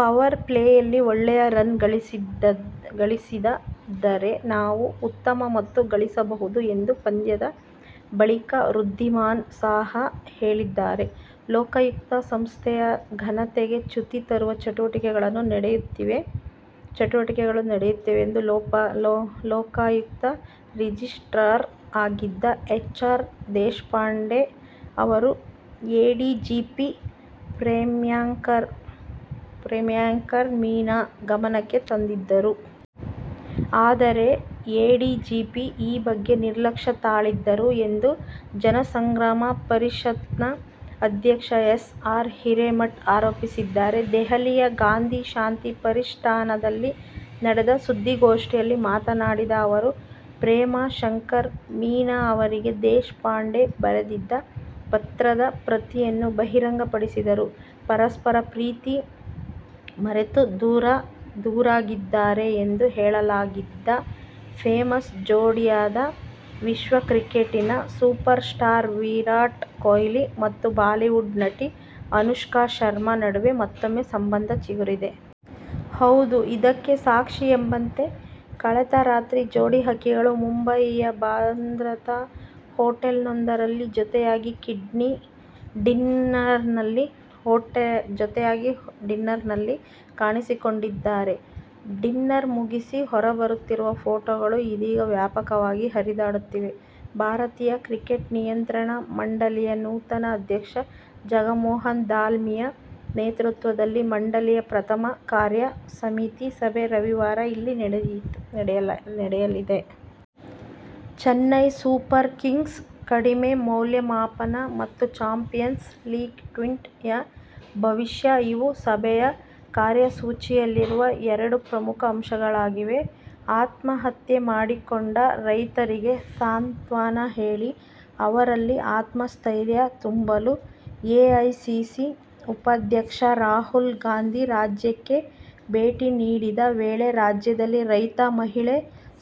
Power ಪ್ಲೇಯಲ್ಲಿ ಒಳ್ಳೆಯ run ಗಳಿಸಿದದ್ದರೆ ನಾವು ಉತ್ತಮ ಮೊತ್ತ ಗಳಿಸಬಹುದು ಎಂದು ಪಂದ್ಯದ ಬಳಿಕ ವೃದ್ಧಿಮಾನ್ ಸಾಹಾ ಹೇಳಿದ್ದಾರೆ. ಲೋಕಾಯುಕ್ತ ಸಂಸ್ಥೆಯ ಘನತೆಗೆ ಚ್ಯುತಿ ತರುವ ಚಟುವಟಿಕೆಗಳು ನಡೆಯುತ್ತಿವೆ ಎಂದು ಲೋಕಾಯುಕ್ತದ ರಿಜಿಸ್ಟ್ರಾರ್ ಆಗಿದ್ದ ಎಚ್. ಆರ್. ದೇಶಪಾಂಡೆ ಅವರು ಎಡಿಜಿಪಿ ಪ್ರೇಮ್ಶಂಕರ್ ಮೀನಾ ಗಮನಕ್ಕೆ ತಂದಿದ್ದರು. ಆದರೆ, ಎಡಿಜಿಪಿ ಈ ಬಗ್ಗೆ ನಿರ್ಲಕ್ಷ್ಯ ತಾಳಿದ್ದರು ಎಂದು ಜನಸಂಗ್ರಾಮ ಪರಿಷತ್ನ ಅಧ್ಯಕ್ಷ ಎಸ್. ಆರ್. ಹಿರೇಮಠ ಆರೋಪಿಸಿದ್ದಾರೆ. ದೆಹಲಿಯ ಗಾಂಧಿ ಶಾಂತಿ ಪ್ರತಿಷ್ಠಾನದಲ್ಲಿ ನಡೆದ ಸುದ್ದಿಗೋಷ್ಠಿಯಲ್ಲಿ ಮಾತನಾಡಿದ ಅವರು, ಪ್ರೇಮ ಶಂಕರ್ ಮೀನಾ ಅವರಿಗೆ ದೇಶಪಾಂಡೆ ಬರೆದಿದ್ದ ಪತ್ರದ ಪ್ರತಿಯನ್ನು ಬಹಿರಂಗಪಡಿಸಿದರು. ಪರಸ್ಪರ ಪ್ರೀತಿ ಮರೆತು ದೂರಾಗಿದ್ದಾರೆ ಎಂದು ಹೇಳಲಾಗಿದ್ದ ಫೇಮಸ್ ಜೋಡಿಯಾದ ವಿಶ್ವ ಕ್ರಿಕೆಟಿನ ಸೂಪರ್ ಸ್ಟಾರ್ ವಿರಾಟ್ ಕೊಹ್ಲಿ ಮತ್ತು ಬಾಲಿವುಡ್ ನಟಿ ಅನುಷ್ಕಾ ಶರ್ಮಾ ನಡುವೆ ಮತ್ತೂಮ್ಮೆ ಸಂಬಂಧ ಚಿಗುರಿದೆ. ಹೌದು ಇದಕ್ಕೆ ಸಾಕ್ಷಿ ಎಂಬಂತೆ ಕಳೆತ ರಾತ್ರಿ ಜೋಡಿ ಹಕ್ಕಿಗಳು ಮುಂಬಯಿಯ ಬಾಂದ್ರಾದ ಹೊಟೇಲೊಂದರಲ್ಲಿ ಜೊತೆಯಾಗಿ ಡಿನ್ನರ್ನಲ್ಲಿ ಕಾಣಿಸಿಕೊಂಡಿದ್ದಾರೆ. ಡಿನ್ನರ್ ಮುಗಿಸಿ ಹೊರಬರುತ್ತಿರುವ ಫೋಟೊಗಳು ಇದೀಗ ವ್ಯಾಪಕವಾಗಿ ಹರಿದಾಡುತ್ತಿವೆ. ಭಾರತೀಯ ಕ್ರಿಕೆಟ್ ನಿಯಂತ್ರಣ ಮಂಡಲಿಯ ನೂತನ ಅಧ್ಯಕ್ಷ ಜಗಮೋಹನ್ ದಾಲ್ಮಿಯ ನೇತೃತ್ವದಲ್ಲಿ ಮಂಡಲಿಯ ಪ್ರಥಮ ಕಾರ್ಯ ಸಮಿತಿ ಸಭೆ ರವಿವಾರ ಇಲ್ಲಿ ನಡೆಯಲಿದೆ. ಚೆನ್ನೈ ಸೂಪರ್ ಕಿಂಗ್ಸ್ನ ಕಡಿಮೆ ಮೌಲ್ಯಮಾಪನ ಮತ್ತು ಚಾಂಪಿಯನ್ಸ್ ಲೀಗ್ ಟ್ವೆಂಟಿ ಯ ಭವಿಷ್ಯ, ಇವು ಸಭೆಯ ಕಾರ್ಯಸೂಚಿಯಲ್ಲಿರುವ ಎರಡು ಪ್ರಮುಖ ಅಂಶಗಳಾಗಿವೆ. ಆತ್ಮಹತ್ಯೆ ಮಾಡಿಕೊಂಡ ರೈತರಿಗೆ ಸಾಂತ್ವನ ಹೇಳಿ ಅವರಲ್ಲಿ ಆತ್ಮಸ್ಥೈರ್ಯ ತುಂಬಲು ಎಐಸಿಸಿ ಉಪಾಧ್ಯಕ್ಷ ರಾಹುಲ್ ಗಾಂಧಿ ರಾಜ್ಯಕ್ಕೆ ಭೇಟಿ ನೀಡಿದ ವೇಳೆ ರಾಜ್ಯದಲ್ಲಿ ರೈತ ಮಹಿಳೆ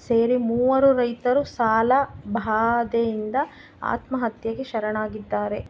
ಸೇರಿ ಮೂವರು ರೈತರು ಸಾಲ ಬಾಧೆಯಿಂದ ಆತ್ಮಹತ್ಯೆಗೆ ಶರಣಾಗಿದ್ದಾರೆ.